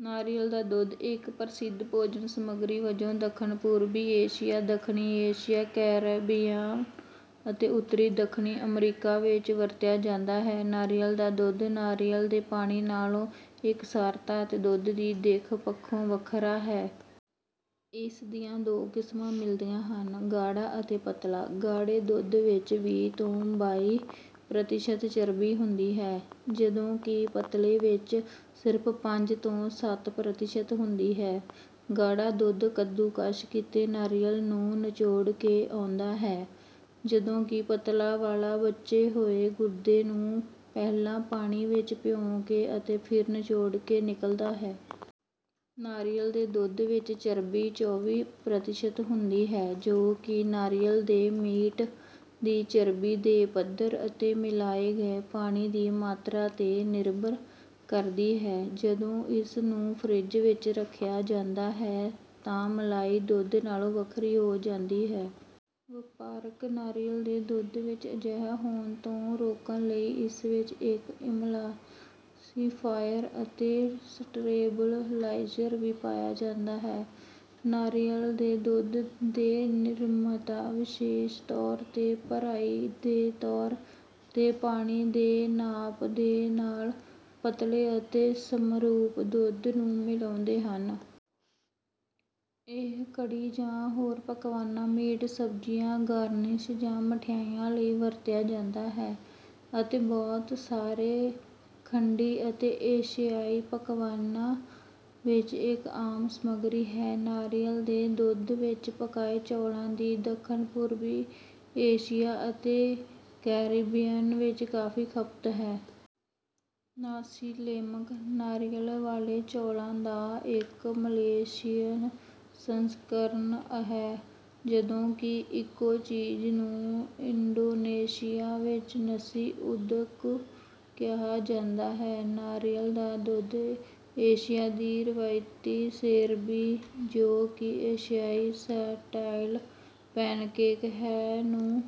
ਨਾਰੀਅਲ ਦਾ ਦੁੱਧ ਇੱਕ ਪ੍ਰਸਿੱਧ ਭੋਜਨ-ਸਮੱਗਰੀ ਵਜੋਂ ਦੱਖਣ-ਪੂਰਬੀ ਏਸ਼ੀਆ, ਦੱਖਣੀ ਏਸ਼ੀਆ, ਕੈਰੇਬੀਅਨ ਅਤੇ ਉੱਤਰੀ ਦੱਖਣੀ ਅਮਰੀਕਾ ਵਿੱਚ ਵਰਤਿਆ ਜਾਂਦਾ ਹੈ। ਨਾਰੀਅਲ ਦਾ ਦੁੱਧ ਨਾਰੀਅਲ ਦੇ ਪਾਣੀ ਨਾਲੋਂ ਇਕਸਾਰਤਾ ਅਤੇ ਦੁੱਧ ਦੀ ਦਿੱਖ ਪੱਖੋਂ ਵੱਖਰਾ ਹੈ। ਇਸ ਦੀਆਂ ਦੋ ਕਿਸਮਾਂ ਮਿਲਦੀਆਂ ਹਨ: ਗਾੜ੍ਹਾ ਅਤੇ ਪਤਲਾ। ਗਾੜ੍ਹੇ ਦੁੱਧ ਵਿੱਚ ਵੀਹ ਤੋਂ ਬਾਈ ਪ੍ਰਤੀਸ਼ਤ ਚਰਬੀ ਹੁੰਦੀ ਹੈ, ਜਦੋਂ ਕਿ ਪਤਲੇ ਵਿੱਚ ਸਿਰਫ਼ ਪੰਜ ਤੋਂ ਸੱਤ ਪ੍ਰਤੀਸ਼ਤ ਹੁੰਦੀ ਹੈ। ਗਾੜ੍ਹਾ ਦੁੱਧ ਕੱਦੂਕਸ ਕੀਤੇ ਨਾਰੀਅਲ ਨੂੰ ਨਿਚੋੜ ਕੇ ਆਉਂਦਾ ਹੈ, ਜਦੋਂ ਕਿ ਪਤਲਾ ਵਾਲਾ ਬਚੇ ਹੋਏ ਗੁੱਦੇ ਨੂੰ ਪਹਿਲਾਂ ਪਾਣੀ ਵਿੱਚ ਭਿਓਂ ਕੇ ਅਤੇ ਫਿਰ ਨਿਚੋੜ ਕੇ ਨਿਕਲਦਾ ਹੈ। ਨਾਰੀਅਲ ਦੇ ਦੁੱਧ ਵਿੱਚ ਚਰਬੀ ਚੌਵੀ ਪ੍ਰਤੀਸ਼ਤ ਹੁੰਦੀ ਹੈ, ਜੋ ਕਿ ਨਾਰੀਅਲ ਦੇ ਮੀਟ ਦੀ ਚਰਬੀ ਦੇ ਪੱਧਰ ਅਤੇ ਮਿਲਾਏ ਗਏ ਪਾਣੀ ਦੀ ਮਾਤਰਾ ’ਤੇ ਨਿਰਭਰ ਕਰਦੀ ਹੈ। ਜਦੋਂ ਇਸ ਨੂੰ ਫਰਿੱਜ ਵਿੱਚ ਰੱਖਿਆ ਜਾਂਦਾ ਹੈ ਤਾਂ ਮਲਾਈ ਦੁੱਧ ਨਾਲੋਂ ਵੱਖਰੀ ਹੋ ਜਾਂਦੀ ਹੈ। ਵਪਾਰਕ ਨਾਰੀਅਲ ਦੇ ਦੁੱਧ ਵਿੱਚ ਅਜਿਹਾ ਹੋਣ ਤੋਂ ਰੋਕਣ ਲਈ ਇਸ ਵਿੱਚ ਇੱਕ ਇਮਲਸੀਫਾਇਰ ਅਤੇ ਸਟੇਬਲਾਈਜ਼ਰ ਵੀ ਪਾਇਆ ਜਾਂਦਾ ਹੈ। ਨਾਰੀਅਲ ਦੇ ਦੁੱਧ ਦੇ ਨਿਰਮਾਤਾ ਵਿਸ਼ੇਸ਼ ਤੌਰ ’ਤੇ ਭਰਾਈ ਦੇ ਤੌਰ ’ਤੇ ਪਾਣੀ ਦੇ ਨਾਪ ਦੇ ਨਾਲ ਪਤਲੇ ਅਤੇ ਸਮਰੂਪ ਦੁੱਧ ਨੂੰ ਮਿਲਾਉਂਦੇ ਹਨ। ਇਹ ਕੜ੍ਹੀ ਜਾਂ ਹੋਰ ਪਕਵਾਨਾਂ, ਮੀਟ, ਸਬਜ਼ੀਆਂ, ਗਾਰਨਿਸ਼ ਜਾਂ ਮਿਠਾਈਆਂ ਲਈ ਵਰਤਿਆ ਜਾਂਦਾ ਹੈ ਅਤੇ ਬਹੁਤ ਸਾਰੇ ਖੰਡੀ ਅਤੇ ਏਸ਼ਿਆਈ ਪਕਵਾਨਾਂ ਵਿੱਚ ਇੱਕ ਆਮ ਸਮੱਗਰੀ ਹੈ। ਨਾਰੀਅਲ ਦੇ ਦੁੱਧ ਵਿੱਚ ਪਕਾਏ ਚੌਲਾਂ ਦੀ ਦੱਖਣ-ਪੂਰਬੀ ਏਸ਼ੀਆ ਅਤੇ ਕੈਰੀਬੀਅਨ ਵਿੱਚ ਕਾਫ਼ੀ ਖਪਤ ਹੈ। ਨਾਸੀ ਲੇਮਕ, ਨਾਰੀਅਲ ਵਾਲੇ ਚੌਲਾਂ ਦਾ ਇੱਕ ਮਲੇਸ਼ੀਅਨ ਸੰਸਕਰਣ ਹੈ, ਜਦੋਂ ਕਿ ਇੱਕੋ ਚੀਜ਼ ਨੂੰ ਇੰਡੋਨੇਸ਼ੀਆ ਵਿੱਚ ਨਸੀ ਉਦੁਕ ਕਿਹਾ ਜਾਂਦਾ ਹੈ। ਨਾਰੀਅਲ ਦਾ ਦੁੱਧ ਏਸ਼ੀਆ ਦੀ ਰਵਾਇਤੀ ਸੇਰਬੀ, ਜੋ ਕਿ ਏਸ਼ਿਆਈ ਸਟਾਈਲ ਪੈਨਕੇਕ ਹੈ, ਨੂੰ...